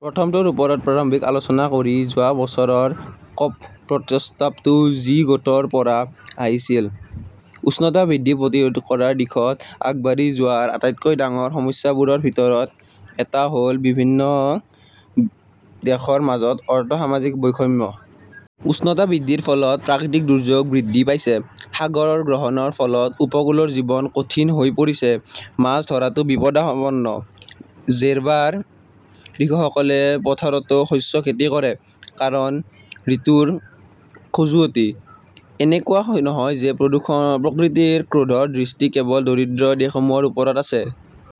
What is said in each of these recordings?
প্ৰথমটোৰ ওপৰত প্ৰাৰম্ভিক আলোচনা কৰি যোৱা বছৰৰ ক 'প. প্ৰস্তাৱটো জি- গোটৰ পৰা আহিছিল। উষ্ণতা বৃদ্ধি প্ৰতিৰোধ কৰাৰ দিশত আগবাঢ়ি যোৱাৰ আটাইতকৈ ডাঙৰ সমস্যাবোৰৰ ভিতৰত এটা হ'ল বিশ্বৰ বিভিন্ন দেশৰ মাজত অৰ্থ-সামাজিক বৈষম্য। উষ্ণতা বৃদ্ধিৰ ফলত প্ৰাকৃতিক দুৰ্যোগ বৃদ্ধি পাইছে। সাগৰ গ্ৰহণৰ ফলত উপকূলৰ জীৱন কঠিন হৈ পৰিছে। মাছ ধৰাটো বিপদাপন্ন। জেৰ্বাৰ কৃষকসকলে পথাৰতো শস্য খেতি কৰে। কাৰণ, ঋতুৰ খজুৱতি। এনেকুৱা নহয় যে প্ৰকৃতিৰ ক্ৰোধৰ দৃষ্টি কেৱল দৰিদ্ৰ দেশসমূহৰ ওপৰত আছে।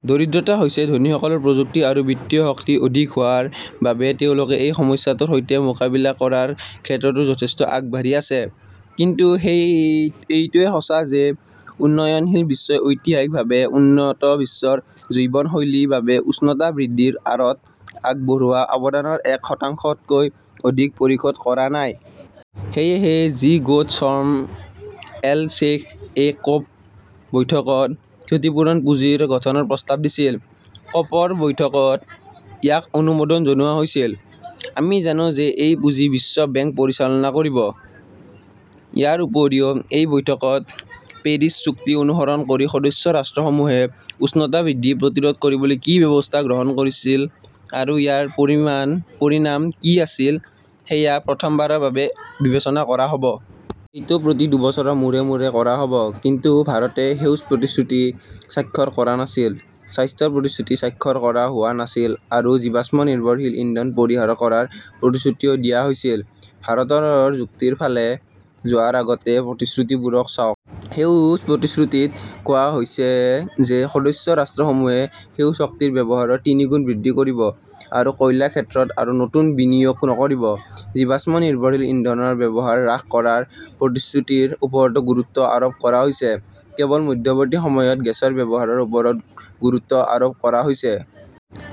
দৰিদ্ৰতা হৈছে ধনীসকলৰ প্ৰযুক্তি আৰু বিত্তীয় শক্তি অধিক হোৱাৰ বাবে তেওঁলোকে এই সমস্যাটোৰ সৈতে মোকাবিলা কৰাৰ ক্ষেত্ৰতো যথেষ্ট আগবাঢ়ি আছে। কিন্তু এইটোও সঁচা যে উন্নয়নশীল বিশ্বই ঐতিহাসিকভাৱে উন্নত বিশ্বৰ জীৱনশৈলীৰ বাবে উষ্ণতা বৃদ্ধিৰ আঁৰত আগবঢ়োৱা অৱদানৰ এক শতাংশতকৈ অধিক পৰিশোধ কৰা নাই। সেয়েহে জি- গোট শৰ্ম এল-শ্বেইখ -এ ক 'প বৈঠকত ক্ষতিপূৰণ পুঁজি গঠনৰ প্ৰস্তাৱ দিছিল। কপ -ৰ বৈঠকত ইয়াক অনুমোদন জনোৱা হৈছিল। আমি জানো যে এই পুঁজি বিশ্ব বেংকে পৰিচালনা কৰিব। ইয়াৰ উপৰিও, এই বৈঠকত পেৰিছ চুক্তি অনুসৰণ কৰি সদস্য ৰাষ্ট্ৰসমূহে উষ্ণতা বৃদ্ধি প্ৰতিৰোধ কৰিবলৈ কি ব্যৱস্থা গ্ৰহণ কৰিছিল আৰু ইয়াৰ পৰিণাম কি আছিল সেয়া প্ৰথমবাৰৰ বাবে বিবেচনা কৰা হ'ব। এইটো প্ৰতি দুবছৰৰ মূৰে মূৰে কৰা হ'ব। কিন্তু ভাৰতে সেউজ প্ৰতিশ্ৰুতিত স্বাক্ষৰ কৰা নাছিল। স্বাস্থ্যৰ প্ৰতিশ্ৰুতিত স্বাক্ষৰ কৰা হোৱা নাছিল আৰু জীৱাশ্ম-নিৰ্ভৰশীল ইন্ধন পৰিহাৰ কৰাৰ প্ৰতিশ্ৰুতিও দিয়া হৈছিল। ভাৰতৰ যুক্তিৰ ফালে যোৱাৰ আগতে প্ৰতিশ্ৰুতিবোৰ চাওক। সেউজ প্ৰতিশ্ৰুতিত কোৱা হৈছে যে সদস্য ৰাষ্ট্ৰসমূহে সেউজ শক্তিৰ ব্যৱহাৰ তিনিগুণ বৃদ্ধি কৰিব আৰু কয়লাৰ ক্ষেত্ৰত আৰু নতুন বিনিয়োগ নকৰিব। জীৱাশ্ম-নিৰ্ভৰশীল ইন্ধনৰ ব্যৱহাৰ হ্ৰাস কৰাৰ প্ৰতিশ্ৰুতিৰ ওপৰতো গুৰুত্ব আৰোপ কৰা হৈছে। কেৱল মধ্যৱৰ্তী সময়ত গেছৰ ব্যৱহাৰৰ ওপৰত গুৰুত্ব আৰোপ কৰা হৈছে।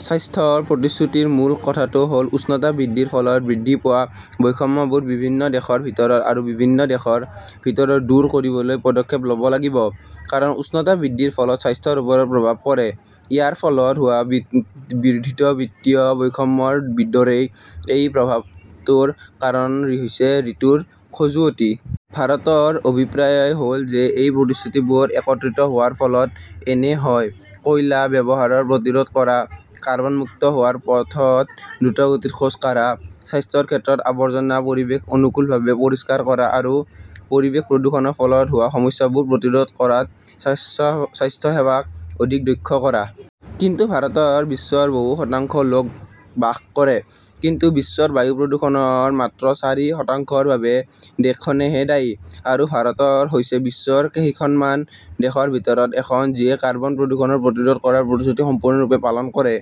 স্বাস্থ্যৰ প্ৰতিশ্ৰুতিৰ মূল কথাটো হ'ল উষ্ণতা বৃদ্ধিৰ ফলত বৃদ্ধি পোৱা বৈষম্যবোৰ বিভিন্ন দেশৰ ভিতৰত আৰু বিভিন্ন দেশৰ ভিতৰত দূৰ কৰিবলৈ পদক্ষেপ ল'ব লাগিব। কাৰণ, উষ্ণতা বৃদ্ধিৰ ফলত স্বাস্থ্যৰ ওপৰত প্ৰভাৱ পৰে। ইয়াৰ ফলত হোৱা বৰ্ধিত বিত্তীয় বৈষম্যৰ দৰেই এই প্ৰভাৱটোৰ কাৰণ হৈছে ঋতুৰ খজুৱতি। ভাৰতৰ অভিপ্ৰায় হ'ল যে এই প্ৰতিশ্ৰুতিবোৰ একত্ৰিত হোৱাৰ ফলত এনে হয়ঃ কয়লা ব্যৱহাৰ প্ৰতিৰোধ কৰা; কাৰ্বন মুক্ত হোৱাৰ পথত দ্ৰুতগতিত খোজ কাঢ়া; স্বাস্থ্যৰ ক্ষেত্ৰত আৱৰ্জনা পৰিৱেশ অনুকূলভাৱে পৰিষ্কাৰ কৰা; আৰু পৰিৱেশ প্ৰদূষণৰ ফলত হোৱা সমস্যাবোৰ প্ৰতিৰোধ কৰাত স্বাস্থ্যসেৱাক অধিক দক্ষ কৰা। কিন্তু ভাৰতত বিশ্বৰ বহু শতাংশ লোক বাস কৰে। কিন্তু বিশ্বৰ বায়ু প্ৰদূষণৰ মাত্ৰ চাৰি শতাংশৰ বাবে দেশখনেহে দায়ী। আৰু ভাৰত হৈছে বিশ্বৰ কেইখনমান দেশৰ ভিতৰত এখন যিয়ে কাৰ্বন প্ৰদূষণ প্ৰতিৰোধ কৰাৰ প্ৰতিশ্ৰুতি সম্পূৰ্ণৰূপে পালন কৰে।